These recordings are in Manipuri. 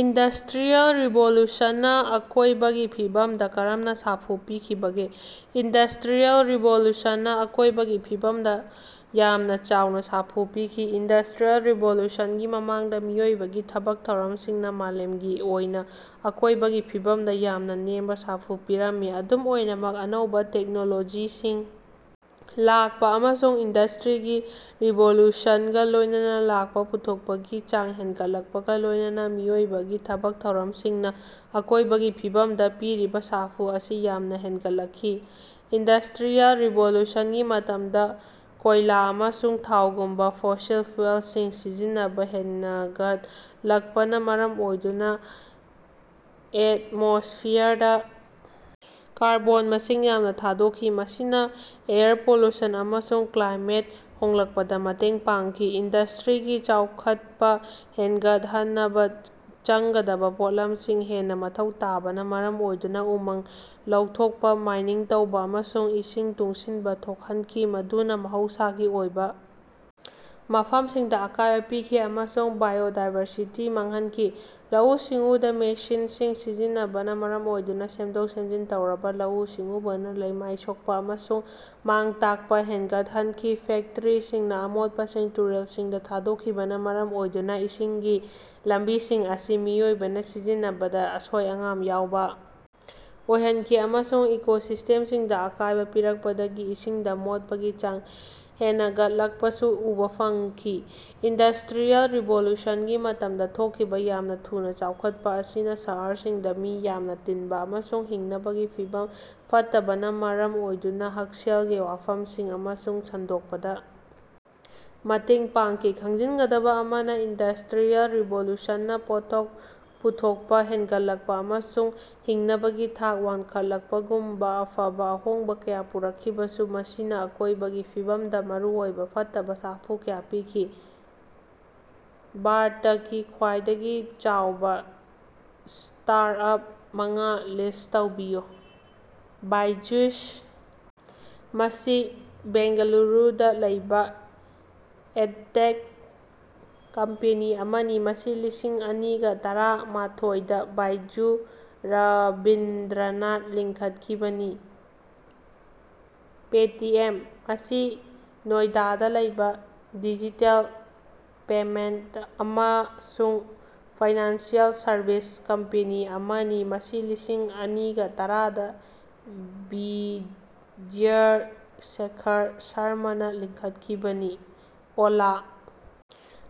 ꯏꯟꯗꯁꯇ꯭ꯔꯤꯌꯦꯜ ꯔꯤꯚꯣꯂꯨꯁꯟꯅ ꯑꯀꯣꯢꯕꯒꯤ ꯐꯤꯕꯝꯗ ꯀꯔꯝꯅ ꯁꯥꯐꯨ ꯄꯤꯈꯤꯕꯒꯦ? ꯏꯟꯗꯁꯇ꯭ꯔꯤꯌꯦꯜ ꯔꯤꯚꯣꯂꯨꯁꯟꯅ ꯑꯀꯣꯢꯕꯒꯤ ꯐꯤꯕꯝꯗ ꯌꯥꯝꯅ ꯆꯥꯎꯅ ꯁꯥꯐꯨ ꯄꯤꯈꯤ꯫ ꯏꯟꯗꯁꯇ꯭ꯔꯤꯌꯦꯜ ꯔꯤꯚꯣꯂꯨꯁꯟꯒꯤ ꯃꯃꯥꯡꯗ ꯃꯤꯑꯣꯏꯕꯒꯤ ꯊꯕꯛ ꯊꯧꯔꯝꯁꯤꯡꯅ ꯃꯥꯂꯦꯝꯒꯤ ꯑꯣꯏꯅ ꯑꯀꯣꯏꯕꯒꯤ ꯐꯤꯕꯝꯗ ꯌꯥꯝꯅ ꯅꯦꯝꯕ ꯁꯥꯐꯨ ꯄꯤꯔꯝꯃꯤ꯫ ꯑꯗꯨꯝ ꯑꯣꯏꯅꯃꯛ ꯑꯅꯧꯕꯥ ꯇꯦꯛꯅꯣꯂꯣꯖꯤꯁꯤꯡ ꯂꯥꯛꯄ ꯑꯃꯁꯨꯡ ꯏꯟꯗꯁꯇ꯭ꯔꯤꯒꯤ ꯔꯤꯚꯣꯂꯨꯁꯟꯒ ꯂꯣꯏꯅꯅ ꯂꯥꯛꯄ ꯄꯨꯊꯣꯛꯄꯒꯤ ꯆꯥꯡ ꯍꯦꯟꯒꯠꯂꯛꯄꯒ ꯂꯣꯏꯅꯅꯥ ꯃꯤꯑꯣꯏꯕꯒꯤ ꯊꯕꯛ ꯊꯧꯔꯝꯁꯤꯡꯅ ꯑꯀꯣꯢꯕꯒꯤ ꯐꯤꯕꯝꯗ ꯄꯤꯔꯤꯕꯥ ꯁꯥꯐꯨ ꯑꯁꯤ ꯌꯥꯝꯅ ꯍꯦꯟꯒꯠꯂꯛꯈꯤ꯫ ꯏꯟꯗꯁꯇ꯭ꯔꯤꯌꯦꯜ ꯔꯤꯚꯣꯂꯨꯁꯟꯒꯤ ꯃꯇꯝꯗꯥ ꯀꯣꯢꯂꯥ ꯑꯃꯁꯨꯡ ꯊꯥꯎꯒꯨꯝꯕ ꯐꯣꯁꯤꯜ ꯐ꯭ꯌꯨꯑꯦꯜꯁꯤꯡ ꯁꯤꯖꯤꯟꯅꯕ ꯍꯦꯟꯒꯠꯂꯛꯄꯅ ꯃꯔꯝ ꯑꯣꯏꯗꯨꯅ ꯑꯦꯠꯃꯣꯁꯐꯤꯌꯔꯗ ꯀꯥꯔꯕꯣꯟ ꯃꯁꯤꯡ ꯌꯥꯝꯅ ꯊꯥꯗꯣꯛꯈꯤ ꯃꯁꯤꯅ ꯑꯦꯌꯔ ꯄꯣꯂꯨꯁꯟ ꯑꯃꯁꯨꯡ ꯀ꯭ꯂꯥꯏꯃꯦꯠ ꯍꯣꯡꯂꯛꯄꯗ ꯃꯇꯦꯡ ꯄꯥꯡꯈꯤ꯫ ꯏꯟꯗꯁꯇ꯭ꯔꯤꯒꯤ ꯆꯥꯎꯈꯠꯄ ꯍꯦꯟꯒꯠꯍꯟꯅꯕ ꯆꯪꯒꯗꯕ ꯄꯣꯠꯂꯝꯁꯤꯡ ꯍꯦꯟꯅ ꯃꯊꯧ ꯇꯥꯕꯅ ꯃꯔꯝ ꯑꯣꯏꯗꯨꯅ ꯎꯃꯪ ꯂꯧꯊꯣꯛꯄ ꯃꯥꯏꯅꯤꯡ ꯇꯧꯕꯥ ꯑꯃꯁꯨꯡ ꯏꯁꯤꯡ ꯇꯨꯡꯁꯤꯟꯕ ꯊꯣꯛꯍꯟꯈꯤ ꯃꯗꯨꯅ ꯃꯍꯧꯁꯥꯒꯤ ꯑꯣꯏꯕ ꯃꯐꯝꯁꯤꯡꯗ ꯑꯀꯥꯏꯕ ꯄꯤꯈꯤ ꯑꯃꯁꯨꯡ ꯕꯥꯏꯑꯣꯗꯥꯏꯕꯔꯁꯤꯇꯤ ꯃꯥꯡꯍꯟꯈꯤ꯫ ꯂꯧꯎ-ꯁꯤꯡꯎꯗ ꯃꯦꯁꯤꯟꯁꯤꯡ ꯁꯤꯖꯤꯟꯅꯕꯅ ꯃꯔꯝ ꯑꯣꯏꯗꯨꯅ ꯁꯦꯝꯗꯣꯛ ꯁꯦꯝꯖꯤꯟ ꯇꯧꯔꯕꯥ ꯂꯧꯎ-ꯁꯤꯡꯎꯕꯅ ꯂꯩꯃꯥꯏ ꯁꯣꯛꯄꯥ ꯑꯃꯁꯨꯡ ꯃꯥꯡ-ꯇꯥꯛꯄ ꯍꯦꯟꯒꯠꯍꯟꯈꯤ꯫ ꯐꯦꯛꯇꯔꯤꯁꯤꯡꯅ ꯑꯃꯣꯠꯄꯁꯤꯡ ꯇꯨꯔꯦꯜꯁꯤꯡꯗ ꯊꯥꯗꯣꯛꯈꯤꯕꯅ ꯃꯔꯝ ꯑꯣꯏꯗꯨꯅ ꯏꯁꯤꯡꯒꯤ ꯂꯝꯕꯤꯁꯤꯡ ꯑꯁꯤ ꯃꯤꯑꯣꯏꯕꯅ ꯁꯤꯖꯤꯟꯅꯕꯗ ꯑꯁꯣꯏ-ꯑꯉꯥꯝ ꯌꯥꯎꯕ ꯑꯣꯏꯍꯟꯈꯤ ꯑꯃꯁꯨꯡ ꯏꯀꯣꯁꯤꯁꯇꯦꯝꯁꯤꯡꯗ ꯑꯀꯥꯢꯕ ꯄꯤꯔꯛꯄꯗꯒꯤ ꯏꯁꯤꯡꯗ ꯃꯣꯠꯄꯒꯤ ꯆꯥꯡ ꯍꯦꯅꯒꯠꯂꯛꯄꯁꯨ ꯎꯕꯥ ꯐꯪꯈꯤ꯫ ꯏꯟꯗꯁꯇ꯭ꯔꯤꯌꯦꯜ ꯔꯤꯚꯣꯂꯨꯁꯟꯒꯤ ꯃꯇꯝꯗ ꯊꯣꯛꯈꯤꯕ ꯌꯥꯝꯅ ꯊꯨꯅꯥ ꯆꯥꯎꯈꯠꯄ ꯑꯁꯤꯅ ꯁꯍꯔꯁꯤꯡꯗ ꯃꯤ ꯌꯥꯝꯅ ꯇꯤꯟꯕ ꯑꯃꯁꯨꯡ ꯍꯤꯡꯅꯕꯒꯤ ꯐꯤꯚꯝ ꯐꯠꯇꯕꯅ ꯃꯔꯝ ꯑꯣꯏꯗꯨꯅ ꯍꯛꯁꯦꯜꯒꯤ ꯋꯥꯐꯝꯁꯤꯡ ꯑꯃꯁꯨꯡ ꯁꯟꯗꯣꯛꯄꯗ ꯃꯇꯦꯡ ꯄꯥꯡꯈꯤ꯫ ꯈꯪꯖꯤꯟꯒꯗꯕ ꯑꯃꯅ ꯏꯟꯗꯁꯇ꯭ꯔꯤꯌꯦꯜ ꯔꯤꯚꯣꯂꯨꯁꯟꯅ ꯄꯣꯠꯊꯣꯛ ꯄꯨꯊꯣꯛꯄ ꯍꯦꯟꯒꯠꯂꯛꯄ ꯑꯃꯁꯨꯡ ꯍꯤꯡꯅꯕꯒꯤ ꯊꯥꯛ ꯋꯥꯡꯈꯠꯂꯛꯄꯒꯨꯝꯕ ꯑꯐꯕ ꯑꯍꯣꯡꯕ ꯀꯌꯥ ꯄꯨꯔꯛꯈꯤꯕꯁꯨ ꯃꯁꯤꯅ ꯑꯀꯣꯏꯕꯒꯤ ꯐꯤꯕꯝꯗ ꯃꯔꯨꯑꯣꯏꯕ ꯐꯠꯇꯕ ꯁꯥꯐꯨ ꯀꯌꯥ ꯄꯤꯈꯤ꯫ ꯚꯥꯔꯇꯀꯤ ꯈ꯭ꯋꯥꯏꯗꯒꯤ ꯆꯥꯎꯕ ꯁ꯭ꯇꯥꯔꯠꯑꯞ ꯃꯉꯥ ꯂꯤꯁ꯭ꯠ ꯇꯧꯕꯤꯌꯨ꯫ ꯕꯥꯏꯖꯨꯁ- ꯃꯁꯤ ꯕꯦꯡꯒꯂꯨꯔꯨꯗ ꯂꯩꯕꯥ ꯑꯦꯗꯇꯦꯛ ꯀꯝꯄꯦꯅꯤ ꯑꯃꯅꯤ ꯃꯁꯤ ꯂꯤꯁꯤꯡ ꯑꯅꯤꯒ ꯇꯔꯥꯃꯊꯣꯏꯗ ꯕꯥꯏꯖꯨ ꯔꯕꯤꯟꯗ꯭ꯔꯅꯥ ꯂꯤꯡꯈꯠꯈꯤꯕꯅꯤ꯫ ꯄꯦꯇꯤꯑꯦꯝ- ꯃꯁꯤ ꯅꯣꯏꯗꯥꯗ ꯂꯩꯕꯥ ꯗꯤꯖꯤꯇꯦꯜ ꯄꯦꯃꯦꯟꯇ ꯑꯃꯁꯨꯡ ꯐꯥꯏꯅꯥꯟꯁꯤꯑꯦꯜ ꯁꯔꯕꯤꯁ ꯀꯝꯄꯦꯅꯤ ꯑꯃꯅꯤ ꯃꯁꯤ ꯂꯤꯁꯤꯡ ꯑꯅꯤꯒ ꯇꯔꯥꯗ ꯕꯤꯖꯌ ꯁꯦꯈꯔ ꯁꯔꯃꯥꯅ ꯂꯤꯡꯈꯠꯈꯤꯕꯅꯤ꯫ ꯑꯣꯂꯥ-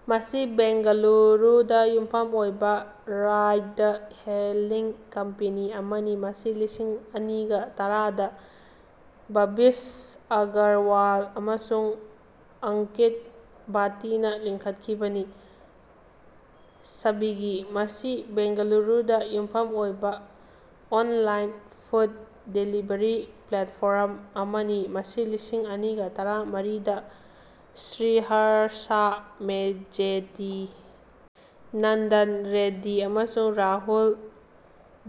ꯃꯁꯤ ꯕꯦꯡꯒꯂꯨꯔꯨꯗꯥ ꯌꯨꯝꯐꯝ ꯑꯣꯏꯕꯥ ꯔꯥꯏꯗ-ꯍꯦꯂꯤꯡ ꯀꯝꯄꯦꯅꯤ ꯑꯃꯅꯤ ꯃꯁꯤ ꯂꯤꯁꯤꯡ ꯑꯅꯤꯒ ꯇꯔꯥꯗ ꯚꯕꯤꯁ ꯑꯒꯔꯋꯥꯜ ꯑꯃꯁꯨꯡ ꯑꯪꯀꯤꯠ ꯚꯥꯇꯤꯅ ꯂꯤꯡꯈꯠꯈꯤꯕꯅꯤ꯫ ꯁ꯭ꯕꯤꯒꯤ- ꯃꯁꯤ ꯕꯦꯡꯒꯂꯨꯔꯨꯗꯥ ꯌꯨꯝꯐꯝ ꯑꯣꯏꯕ ꯑꯣꯅꯂꯥꯏꯟ ꯐꯨꯗ ꯗꯦꯂꯤꯕꯔꯤ ꯄ꯭ꯂꯦꯠꯐꯣꯔꯝ ꯑꯃꯅꯤ ꯃꯁꯤ ꯂꯤꯁꯤꯡ ꯑꯅꯤꯒ ꯇꯔꯥꯃꯔꯤꯗ ꯁ꯭ꯔꯤꯍꯔꯁꯥ ꯃꯦꯖꯦꯇꯤ ꯅꯟꯗꯟ ꯔꯦꯗ꯭ꯗꯤ ꯑꯃꯁꯨꯡ ꯔꯥꯍꯨꯜ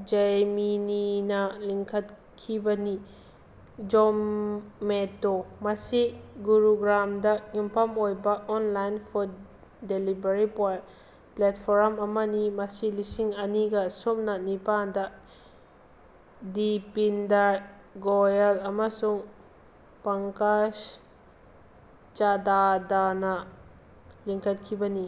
ꯖꯌꯃꯤꯅꯤꯅꯥ ꯂꯤꯡꯈꯠꯈꯤꯕꯅꯤ꯫ ꯖꯣꯃꯦꯇꯣ- ꯃꯁꯤ ꯒꯨꯔꯨꯒ꯭ꯔꯥꯝꯗ ꯌꯨꯝꯐꯝ ꯑꯣꯏꯕ ꯑꯣꯟꯂꯥꯏꯟ ꯐꯨꯗ ꯗꯦꯂꯤꯕꯔꯤ ꯄ꯭ꯂꯦꯠꯐꯣꯔꯝ ꯑꯃꯅꯤ ꯃꯁꯤ ꯂꯤꯁꯤꯡ ꯑꯅꯤꯒ ꯁꯨꯞꯅ ꯅꯤꯄꯥꯜꯗ ꯗꯤꯄꯤꯟꯗꯔ ꯒꯣꯌꯜ ꯑꯃꯁꯨꯡ ꯄꯡꯀꯖ ꯆꯗꯗꯥꯅꯥ ꯂꯤꯡꯈꯠꯈꯤꯕꯅꯤ꯫